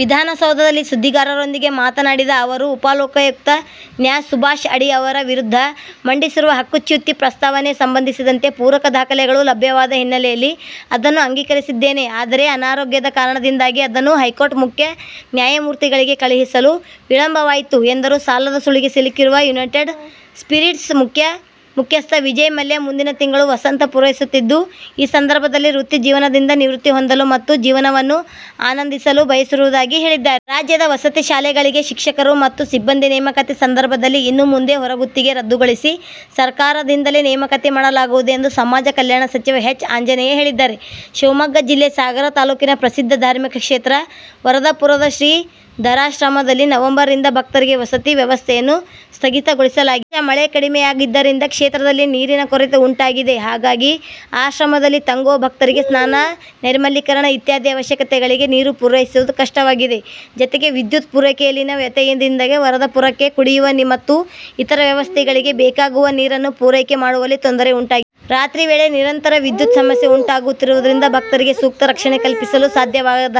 ವಿಧಾನಸೌಧದಲ್ಲಿ ಸುದ್ದಿಗಾರರೊಂದಿಗೆ ಮಾತನಾಡಿದ ಅವರು, ಉಪಲೋಕಾಯುಕ್ತ ನ್ಯಾ ಸುಭಾಷ್ ಅಡಿ ಅವರ ವಿರುದ್ಧ ಮಂಡಿಸಿರುವ ಹಕ್ಕುಚ್ಯುತಿ ಪ್ರಸ್ತಾವನೆಗೆ ಸಂಬಂಧಿಸಿದಂತೆ ಪೂರಕ ದಾಖಲೆಗಳು ಲಭ್ಯವಾದ ಹಿನ್ನೆಲೆಯಲ್ಲಿ ಅದನ್ನು ಅಂಗೀಕರಿಸಿದ್ದೇನೆ. ಆದರೆ, ಅನಾರೋಗ್ಯದ ಕಾರಣದಿಂದಾಗಿ ಅದನ್ನು ಹೈಕೋರ್ಟ್ ಮುಖ್ಯ ನ್ಯಾಯಮೂರ್ತಿಗಳಿಗೆ ಕಳುಹಿಸಲು ವಿಳಂಬವಾಯಿತು ಎಂದರು. ಸಾಲದ ಸುಳಿಗೆ ಸಿಲುಕಿರುವ ಯುನೈಟೆಡ್ ಸ್ಪಿರಿಟ್ಸ್ ಮುಖ್ಯಸ್ಥ ವಿಜಯ್ ಮಲ್ಯ ಮುಂದಿನ ತಿಂಗಳು ವಸಂತ ಪೂರೈಸುತ್ತಿದ್ದು, ಈ ಸಂದರ್ಭದಲ್ಲಿ ವೃತ್ತಿ ಜೀವನದಿಂದ ನಿವೃತ್ತಿ ಹೊಂದಲು ಮತ್ತು ಜೀವನವನ್ನು ಆನಂದಿಸಲು ಬಯಸಿರುವುದಾಗಿ ಹೇಳಿದ್ದಾರೆ. ರಾಜ್ಯದ ವಸತಿ ಶಾಲೆಗಳಿಗೆ ಶಿಕ್ಷಕರು ಮತ್ತು ಸಿಬ್ಬಂದಿ ನೇಮಕಾತಿ ಸಂದರ್ಭದಲ್ಲಿ ಇನ್ನು ಮುಂದೆ ಹೊರಗುತ್ತಿಗೆ ರದ್ದುಗೊಳಿಸಿ ಸರ್ಕಾರದಿಂದಲೇ ನೇಮಕಾತಿ ಮಾಡಲಾಗುವುದು ಎಂದು ಸಮಾಜ ಕಲ್ಯಾಣ ಸಚಿವ ಎಚ್. ಆಂಜನೇಯ ಹೇಳಿದ್ದಾರೆ. ಶಿವಮೊಗ್ಗ ಜಿಲ್ಲೆ ಸಾಗರ ತಾಲೂಕಿನ ಪ್ರಸಿದ್ಧ ಧಾರ್ಮಿಕ ಕ್ಷೇತ್ರ ವರದಪುರದ ಶ್ರೀಧರಾಶ್ರಮದಲ್ಲಿ ನವೆಂಬರ್ ರಿಂದ ಭಕ್ತರಿಗೆ ವಸತಿ ವ್ಯವಸ್ಥೆಯನ್ನು ಸ್ಥಗಿತಗೊಳಿಸಲಾಗಿದೆ. ಈ ವರ್ಷ ಮಳೆ ಕಡಿಮೆಯಾಗಿದ್ದರಿಂದ ಕ್ಷೇತ್ರದಲ್ಲಿ ನೀರಿನ ಕೊರತೆ ಉಂಟಾಗಿದೆ. ಹಾಗಾಗಿ, ಆಶ್ರಮದಲ್ಲಿ ತಂಗುವ ಭಕ್ತರಿಗೆ ಸ್ನಾನ, ನೈರ್ಮಲೀಕರಣ ಇತ್ಯಾದಿ ಅವಶ್ಯಕತೆಗಳಿಗೆ ನೀರು ಪೂರೈಸುವುದು ಕಷ್ಟವಾಗಿದೆ. ಜತೆಗೆ, ವಿದ್ಯುತ್ ಪೂರೈಕೆಯಲ್ಲಿನ ವ್ಯತ್ಯಯದಿಂದಾಗಿ ವರದಪುರಕ್ಕೆ ಕುಡಿಯುವ ಮತ್ತು ಇತರ ವ್ಯವಸ್ಥೆಗಳಿಗೆ ಬೇಕಾಗುವ ನೀರನ್ನು ಪೂರೈಕೆ ಮಾಡುವಲ್ಲಿ ತೊಂದರೆ ಉಂಟಾಗಿದೆ. ರಾತ್ರಿ ವೇಳೆ ನಿರಂತರ ವಿದ್ಯುತ್ ಸಮಸ್ಯೆ ಉಂಟಾಗುತ್ತಿರುವುದರಿಂದ ಭಕ್ತರಿಗೆ ಸೂಕ್ತ ರಕ್ಷಣೆ ಕಲ್ಪಿಸಲು ಸಾಧ್ಯವಾಗದ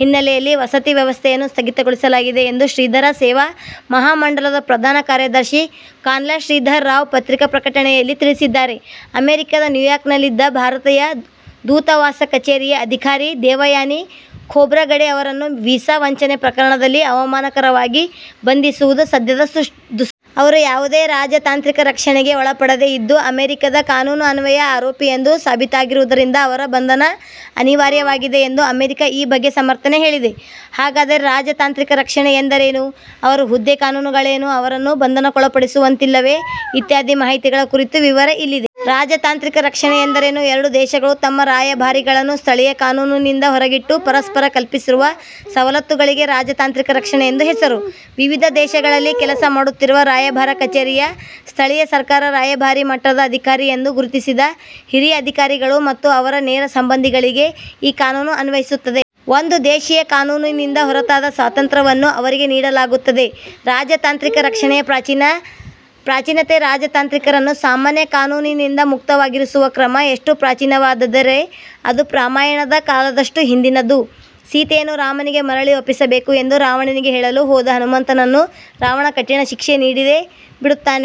ಹಿನ್ನೆಲೆಯಲ್ಲಿ ವಸತಿ ವ್ಯವಸ್ಥೆಯನ್ನು ಸ್ಥಗಿತಗೊಳಿಸಲಾಗಿದೆ ಎಂದು ಶ್ರೀಧರ ಸೇವಾ ಮಹಾಮಂಡಲದ ಪ್ರಧಾನ ಕಾರ್ಯದರ್ಶಿ ಕಾನ್ಲ ಶ್ರೀಧರ ರಾವ್ ಪತ್ರಿಕಾ ಪ್ರಕಟಣೆಯಲ್ಲಿ ತಿಳಿಸಿದ್ದಾರೆ. ಅಮೆರಿಕದ ನ್ಯೂಯಾರ್ಕ್ನಲ್ಲಿನ ಭಾರತೀಯ ದೂತವಾಸ ಕಚೇರಿಯ ಅಧಿಕಾರಿ ದೇವಯಾನಿ ಖೋಬ್ರಗಡೆ ಅವರನ್ನು ವೀಸಾ ವಂಚನೆ ಪ್ರಕರಣದಲ್ಲಿ ಅವಮಾನಕರವಾಗಿ ಬಂಧಿಸುವುದು ಸದ್ಯದ ಸುದ್ದಿ. ಅವರು ಯಾವುದೇ ರಾಜತಾಂತ್ರಿಕ ರಕ್ಷಣೆಗೆ ಒಳಪಡದೇ ಇದ್ದು, ಅಮೆರಿಕದ ಕಾನೂನಿನ್ವಯ ಆರೋಪಿ ಎಂದು ಸಾಬೀತಾಗಿರುವುದರಿಂದ ಅವರ ಬಂಧನ ಅನಿವಾರ್ಯವಾಗಿದೆ ಎಂದು ಅಮೆರಿಕ ಈ ಬಗ್ಗೆ ಸಮರ್ಥನೆ ಹೇಳಿದೆ. ಹಾಗಾದರೆ ರಾಜತಾಂತ್ರಿಕ ರಕ್ಷಣೆ ಎಂದರೇನು? ಅವರ ಹುದ್ದೆ, ಕಾನೂನುಗಳೇನು? ಅವರನ್ನು ಬಂಧನಕ್ಕೊಳಪಡಿಸುವಂತಿಲ್ಲವೇ ಇತ್ಯಾದಿ ಮಾಹಿತಿಗಳ ಕುರಿತ ವಿವರ ಇಲ್ಲಿದೆ. ರಾಜತಾಂತ್ರಿಕ ರಕ್ಷಣೆ ಎಂದರೇನು? ಎರಡು ದೇಶಗಳು, ತಮ್ಮ ರಾಯಭಾರಿಗಳನ್ನು ಸ್ಥಳೀಯ ಕಾನೂನಿನಿಂದ ಹೊರಗಿಟ್ಟು, ಪರಸ್ಪರ ಕಲ್ಪಿಸಿರುವ ಸವಲತ್ತುಗಳಿಗೆ ರಾಜತಾಂತ್ರಿಕ ರಕ್ಷಣೆ ಎಂದು ಹೆಸರು. ವಿವಿಧ ದೇಶಗಳಲ್ಲಿ ಕೆಲಸ ಮಾಡುತ್ತಿರುವ ರಾಯಭಾರ ಕಚೇರಿಯ, ಸ್ಥಳೀಯ ಸರ್ಕಾರ ರಾಯಭಾರಿ ಮಟ್ಟದ ಅಧಿಕಾರಿ ಎಂದು ಗುರುತಿಸಿದ ಹಿರಿಯ ಅಧಿಕಾರಿಗಳು ಮತ್ತು ಅವರ ನೇರ ಸಂಬಂಧಿಗಳಿಗೆ ಈ ಕಾನೂನು ಅನ್ವಯಿಸುತ್ತದೆ. ಒಂದು ದೇಶೀಯ ಕಾನೂನಿಂದ ಹೊರತಾದ ಸ್ವಾತಂತ್ರ್ಯವನ್ನು ಅವರಿಗೆ ನೀಡಲಾಗುತ್ತದೆ. ರಾಜತಾಂತ್ರಿಕ ರಕ್ಷಣೆಯ ಪ್ರಾಚೀನತೆ ರಾಜತಾಂತ್ರಿಕರನ್ನು ಸಾಮಾನ್ಯ ಕಾನೂನಿನಿಂದ ಮುಕ್ತವಾಗಿರಿಸುವ ಕ್ರಮ ಎಷ್ಟು ಪ್ರಾಚೀನವಾದ್ದೆಂದರೆ ಅದು ರಾಮಾಯಣದ ಕಾಲದಷ್ಟು ಹಿಂದಿನದು. ಸೀತೆಯನ್ನು ರಾಮನಿಗೆ ಮರಳಿ ಒಪ್ಪಿಸಬೇಕು ಎಂದು ರಾವಣನಿಗೆ ಹೇಳಲು ಹೋದ ಹನುಮಮಂತನನ್ನು ರಾವಣ ಕಠಿಣ ಶಿಕ್ಷೆ ನೀಡದೆ ಬಿಡುತ್ತಾನೆ.